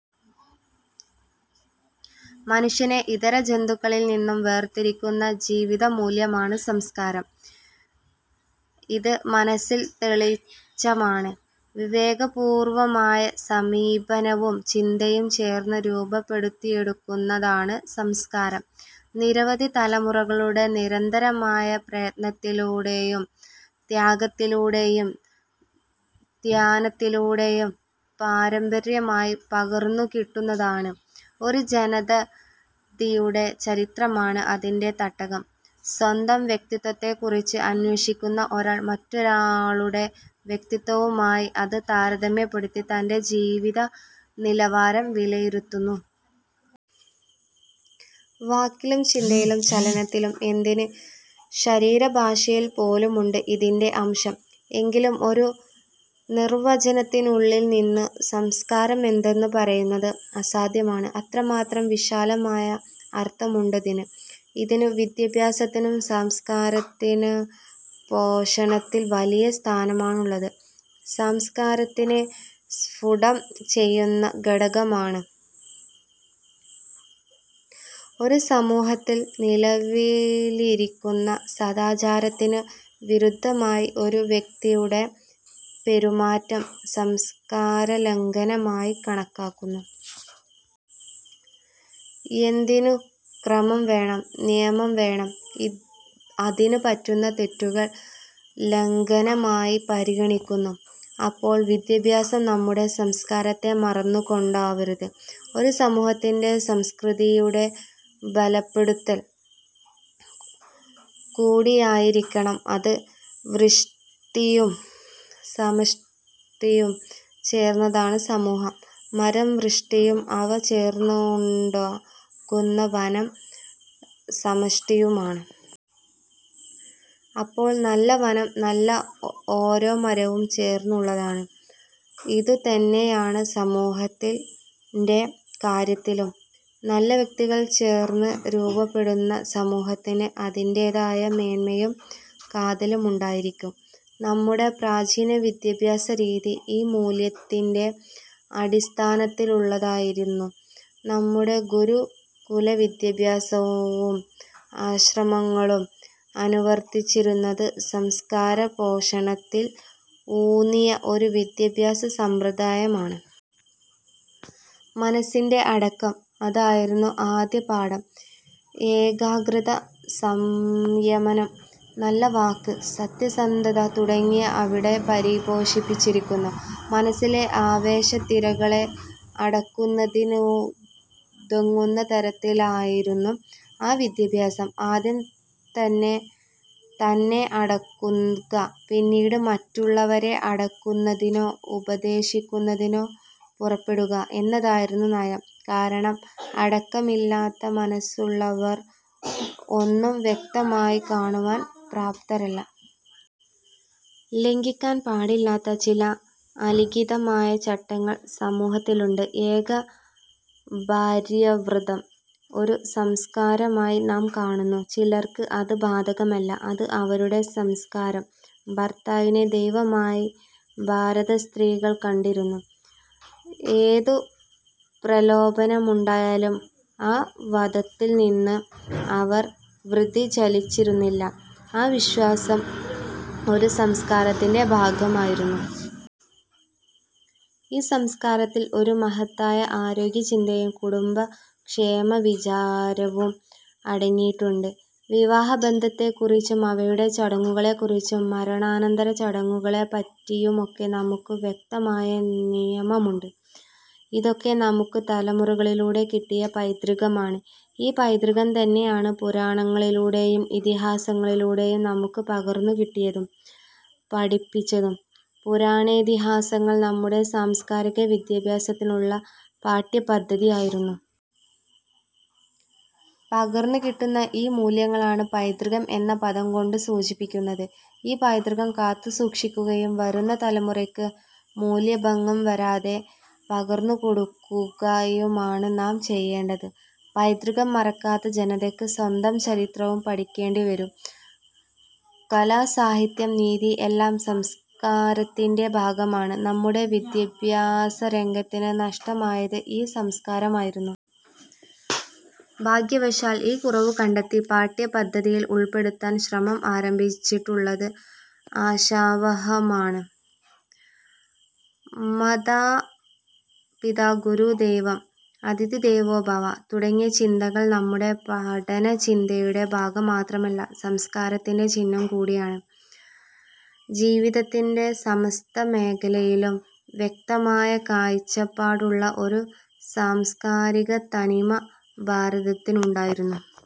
മനുഷ്യനെ ഇതര ജന്തുക്കളിൽനിന്നും വേർതിരിക്കുന്ന ജീവിതമൂല്യ മാണ് സംസ്കാരം. ഇത് മനസ്സിൽ തെളിച്ചമാണ്. വിവേകപൂർവ്വമായ സമീപനവും ചിന്തയും ചേർന്ന് രൂപപ്പെടുത്തിയെടുക്കുന്നതാണ് സംസ്കാരം. നിരവധി തലമുറകളുടെ നിരന്തരമായ പ്രയത്നത്തിലൂ ടെയും ത്യാഗത്തിലൂടെയും ധ്യാനത്തിലൂടെയും പാരമ്പര്യമായി പകർന്നുകിട്ടുന്നതാണ്. ഒരു ജനതതിയുടെ ചരിത്രമാണ് അതിന്റെ തട്ടകം. സ്വന്തം വ്യക്തിത്വത്തെക്കുറിച്ച് അന്വേഷിക്കുന്ന ഒരാൾ മറ്റൊ രാളുടെ വ്യക്തിത്വവുമായി അത് താരതമ്യപ്പെടുത്തി തന്റെ ജീവിത നിലവാരം വിലയിരുത്തുന്നു. വാക്കിലും ചിന്തയിലും ചലനത്തിലും എന്തിന് ശരീരഭാഷയിൽപോലുമുണ്ട് ഇതിന്റെ അംശം. എങ്കിലും ഒരു നിർവ്വചനത്തിനുള്ളിൽനിന്നു സംസ്കാരമെന്തെന്നു പറയുന്നത് അസാ ധ്യമാണ്. അത്രമാത്രം വിശാലമായ അർത്ഥമുണ്ടതിന്. ഇതിനു വിദ്യ ഭ്യാസത്തിനു സാംസ്കാരത്തിനു പോഷണത്തിൽ വലിയ സ്ഥാനമാണ് ഉള്ളത്. സംസ്കാരത്തിന് സ്ഫുടം ചെയ്യുന്ന ഘടകമാണത്. ഒരു സമൂഹത്തിൽ നിലവിലിരിക്കുന്ന സദാചാരത്തിനു വിരുദ്ധമായി ഒരു വ്യക്തിയുടെ പെരുമാറ്റം സംസ്കാരലംഘനമായി കണക്കാക്കു ന്നു. എന്തിനും ക്രമം വേണം. നിയമം വേണം. ഇ അതിനു പറ്റുന്ന തെറ്റു കൾ ലംഘനമായി പരിഗണിക്കുന്നു. അപ്പോൾ വിദ്യഭ്യാസം നമ്മുടെ സംസ്കാരത്തെ മറന്നുകൊണ്ടാവരുത്. ഒരു സമൂഹത്തിന്റെ സംസ്കൃതി യുടെ ബലപ്പെടുത്തൽ കൂടിയായിരിക്കണം അത്. വ്യഷ്ടിയും സമ ഷ്ടിയും ചേർന്നതാണ് സമൂഹം. മരം വ്യഷ്ടിയും അവ ചേർന്നുണ്ടാ കുന്ന വനം സമഷ്ടിയുമാണ്. അപ്പോൾ നല്ല വനം നല്ല ഓരോ മരവും ചേർന്നുള്ളതാണ്. ഇതുതന്നെയാണ് സമൂഹത്തിൽ ന്റെ കാര്യത്തിലും. നല്ല വ്യക്തികൾ ചേർന്ന് രൂപപ്പെടുന്ന സമൂഹത്തിന് അതിന്റേതായ മേന്മയും കാതലുമുണ്ടായിരിക്കും. നമ്മുടെ പ്രാചീനവിദ്യഭ്യാസരീതി ഈ മൂല്യത്തിന്റെ അടിസ്ഥാന ത്തിലുള്ളതായിരുന്നു. നമ്മുടെ ഗുരുകുലവിദ്യഭ്യാസവും ആശ്രമങ്ങ ളും അനുവർത്തിച്ചിരുന്നത് സംസ്കാരപോഷണത്തിൽ ഊന്നിയ ഒരു വിദ്യഭ്യാസസമ്പ്രദായമാണ്. മനസ്സിന്റെ അടക്കം അതായിരുന്നു ആദ്യ പാഠം. ഏകാഗ്രത, സംയമനം, നല്ല വാക്ക്, സത്യസന്ധ്യത തുടങ്ങിയവ അവിടെ പരിപോഷിപ്പിച്ചിരിക്കുന്നു. മനസ്സിലെ ആവേശത്തിരകളെ അട ക്കുന്നതിനുതകുന്ന തരത്തിലായിരുന്നു ആ വിദ്യഭ്യാസം. ആദ്യം തന്നെത്തന്നെ അടക്കുക പിന്നീട് മറ്റുള്ളവരെ അടക്കുന്നതിനോ ഉപ ദേശിക്കുന്നതിനോ പുറപ്പെടുക എന്നതായിരുന്നു നയം. കാരണം അട ക്കമില്ലാത്ത മനസ്സുള്ളവർ ഒന്നും വ്യക്തമായി കാണുവാൻ പ്രാപ്തരല്ല. ലംഘിക്കാൻ പാടില്ലാത്ത ചില അലിഖിതമായ ചട്ടങ്ങൾ സമൂഹത്തി ലുണ്ട്. ഏക ഭാര്യാവ്രതം ഒരു സംസ്കാരമായി നാം കാണുന്നു. ചിലർക്ക് അത് ബാധകമല്ല. അത് അവരുടെ സംസ്കാരം. ഭർത്താവിനെ ദൈവ മായി ഭാരതസ്ത്രീകൾ കണ്ടിരുന്നു. ഏതു പ്രലോഭനമുണ്ടായാലും ആ വതത്തിൽനിന്നും അവർ വ്യതിചലിച്ചിരുന്നില്ല. ആ വിശ്വാസം ഒരു സംസ്കാരത്തിന്റെ ഭാഗമായിരുന്നു. ഈ സംസ്കാരത്തിൽ ഒരു മഹ ത്തായ ആരോഗ്യചിന്തയും കുടുംബക്ഷേമവിചാരവും അടങ്ങിയിട്ടുണ്ട്. വിവാഹബന്ധത്തെക്കുറിച്ചും അവയുടെ ചടങ്ങുകളെക്കുറിച്ചും മര ണാനന്തരച്ചടങ്ങുകളെപ്പറ്റിയുമൊക്കെ നമുക്കു വ്യക്തമായ നിയമ മുണ്ട്. ഇതൊക്കെ നമുക്കു തലമുറകളിലൂടെ കിട്ടിയ പൈതൃകമാണ്. ഈ പൈതൃകംതന്നെയാണ് പുരാണങ്ങളിലൂടെയും ഇതിഹാസങ്ങളി ലൂടെയും നമുക്കു പകർന്നുകിട്ടിയതും പഠിപ്പിച്ചതും. പുരാണേതിഹാ സങ്ങൾ നമ്മുടെ സാംസ്കാരിക വിദ്യാഭ്യാസത്തിനുള്ള പാഠ്യപദ്ധതി യായിരുന്നു. പകർന്നുകിട്ടുന്ന ഈ മൂല്യങ്ങളാണ് പൈതൃകം എന്ന പദംകൊണ്ടു സൂചിപ്പിക്കുന്നത്. ഈ പൈതൃകം കാത്തുസൂക്ഷിക്കു കയും വരുന്ന തലമുറയ്ക്ക് മൂല്യഭംഗംവരാതെ പകർന്നുകൊടുക്കു കയുമാണ് നാം ചെയ്യേണ്ടത്. പൈതൃകം മറക്കാത്ത ജനതയ്ക്ക് സ്വന്തം ചരിത്രവും പഠിക്കേണ്ടിവരും. കല, സാഹിത്യം, നീതി എല്ലാം സംസ്കാ രത്തിന്റെ ഭാഗമാണ്. നമ്മുടെ വിദ്യാഭ്യാസരംഗത്തിനു നഷ്ടമായത് ഈ സംസ്കാരമായിരുന്നു. ഭാഗ്യവശാൽ ഈ കുറവു കണ്ടെത്തി പാഠ്യപദ്ധ തിയിൽ ഉൾപ്പെടുത്താൻ ശ്രമം ആരംഭിച്ചിട്ടുള്ളത് ആശാവഹമാണ്. "മതാ പിതാ ഗുരു ദൈവം,' "അതിഥിദേവോ ഭവ' തുടങ്ങിയ ചിന്ത കൾ നമ്മുടെ പഠനചിന്തയുടെ ഭാഗം മാത്രമല്ല സംസ്കാരത്തിന്റെ ചിഹ്നംകൂടിയാണ്. ജീവിതത്തിന്റെ സമസ്ത മേഖലയിലും വ്യക്തമായ കാഴ്ചപ്പാടുള്ള ഒരു സാംസ്കാരികത്തനിമ ഭാരതത്തിനുണ്ടായിരുന്നു.